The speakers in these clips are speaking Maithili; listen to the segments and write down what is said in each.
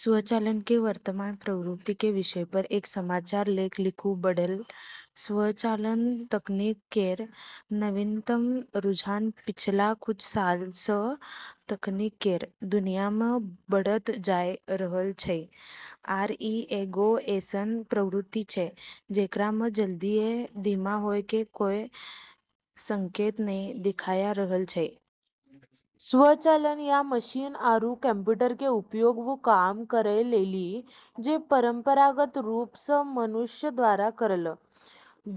स्वचालन के वर्तमान प्रवृत्ति के विषय पर एक समाचार लेख लिखु: बढ़लऽ स्वचालन तकनीक केरऽ नवीनतम रुझान पिछला कुछ सालऽ स॑ तकनीक केरऽ दुनिया म॑ बढ़त जाय रहलऽ छै, आरू ई एगो ऐसनऽ प्रवृत्ति छै जेकरा म॑ जल्दिये धीमा होय के कोय संकेत नै दिखाय रहलऽ छै। स्वचालन, या मशीन आरू कंप्यूटर के उपयोग वू काम करै लेली जे परंपरागत रूप स॑ मनुष्य द्वारा करलऽ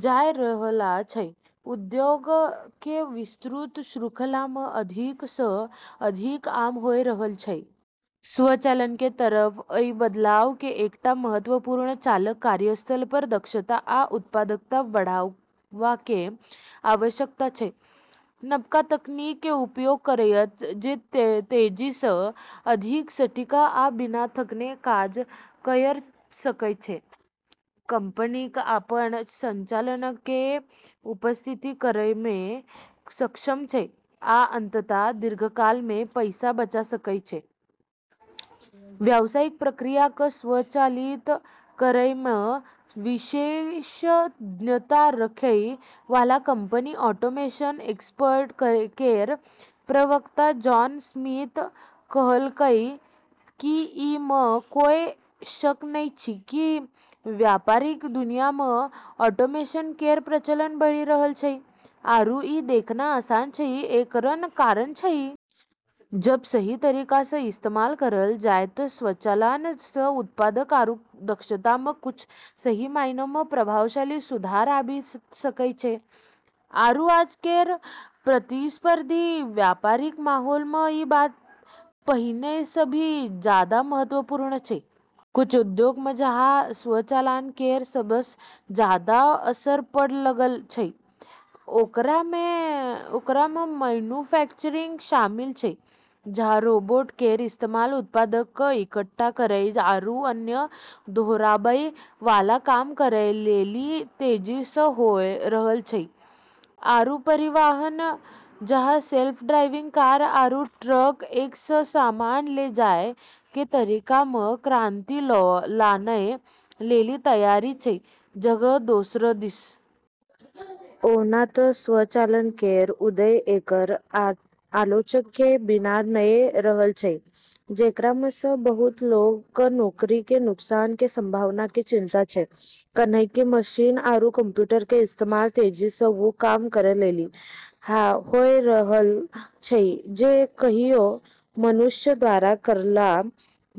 जाय रहलऽ छै, उद्योगऽ के विस्तृत श्रृंखला म॑ अधिक स॑ अधिक आम होय रहलऽ छै। स्वचालन के तरफ अइ बदलाव के एकटा महत्वपूर्ण चालक कार्यस्थल पर दक्षता आ उत्पादकता बढ़ावा के आवश्यकता छै । नबका तकनीक के उपयोग करयत जे तेजी सऽ, अधिक सटीक आ बिना थकने काज कयर सकय छै, कंपनीक अपन संचालन के सुव्यवस्थित करय मे सक्षम छै आ अंततः दीर्घकाल मे पैसा बचा सकय छै। व्यवसायिक प्रक्रिया क॑ स्वचालित करै म॑ विशेषज्ञता रखै वाला कंपनी ऑटोमेशन एक्सपर्ट केरऽ प्रवक्ता जॉन स्मिथ कहलकै कि ई म॑ कोय शक नै छै कि व्यापारिक दुनिया म॑ ऑटोमेशन केरऽ प्रचलन बढ़ी रहलऽ छै, आरू ई देखना आसान छै कि एकरऽ कारण छै। जब सही तरीका स॑ इस्तेमाल करलऽ जाय त॑ स्वचालन स॑ उत्पादकता आरू दक्षता म॑ कुछ सही मायने म॑ प्रभावशाली सुधार आबी सकै छै। आरू आज केरऽ प्रतिस्पर्धी व्यापारिक माहौल म॑ ई बात पहिने स॑ भी जादा महत्वपूर्ण छै। कुछ उद्योगऽ म॑ जहाँ स्वचालन केरऽ सबसऽ जादा असर पड़॑ लगलऽ छै, ओकरा म॑ मैन्युफैक्चरिंग शामिल छै, जहां रोबोट केरऽ इस्तेमाल उत्पाद क॑ इकट्ठा करै आरू अन्य दोहराबै वाला काम करै लेली तेजी स॑ होय रहलऽ छै, आरू परिवहन, जहाँ सेल्फ ड्राइविंग कार आरू ट्रक एक स॑ सामान ले जाय के तरीका म॑ क्रांति लानै लेली तैयार छै जगह दोसर दिस। ओना त स्वचालन केरऽ उदय एकरऽ आलोचकऽ के बिना नै रहलऽ छै, जेकरा म॑ स॑ बहुत लोगऽ क॑ नौकरी के नुकसान के संभावना के चिंता छै, कैन्हेंकि मशीन आरू कंप्यूटर के इस्तेमाल तेजी स॑ वू काम करै लेली होय रहलऽ छै जे कहियो मनुष्य द्वारा करलऽ जाय छेलै।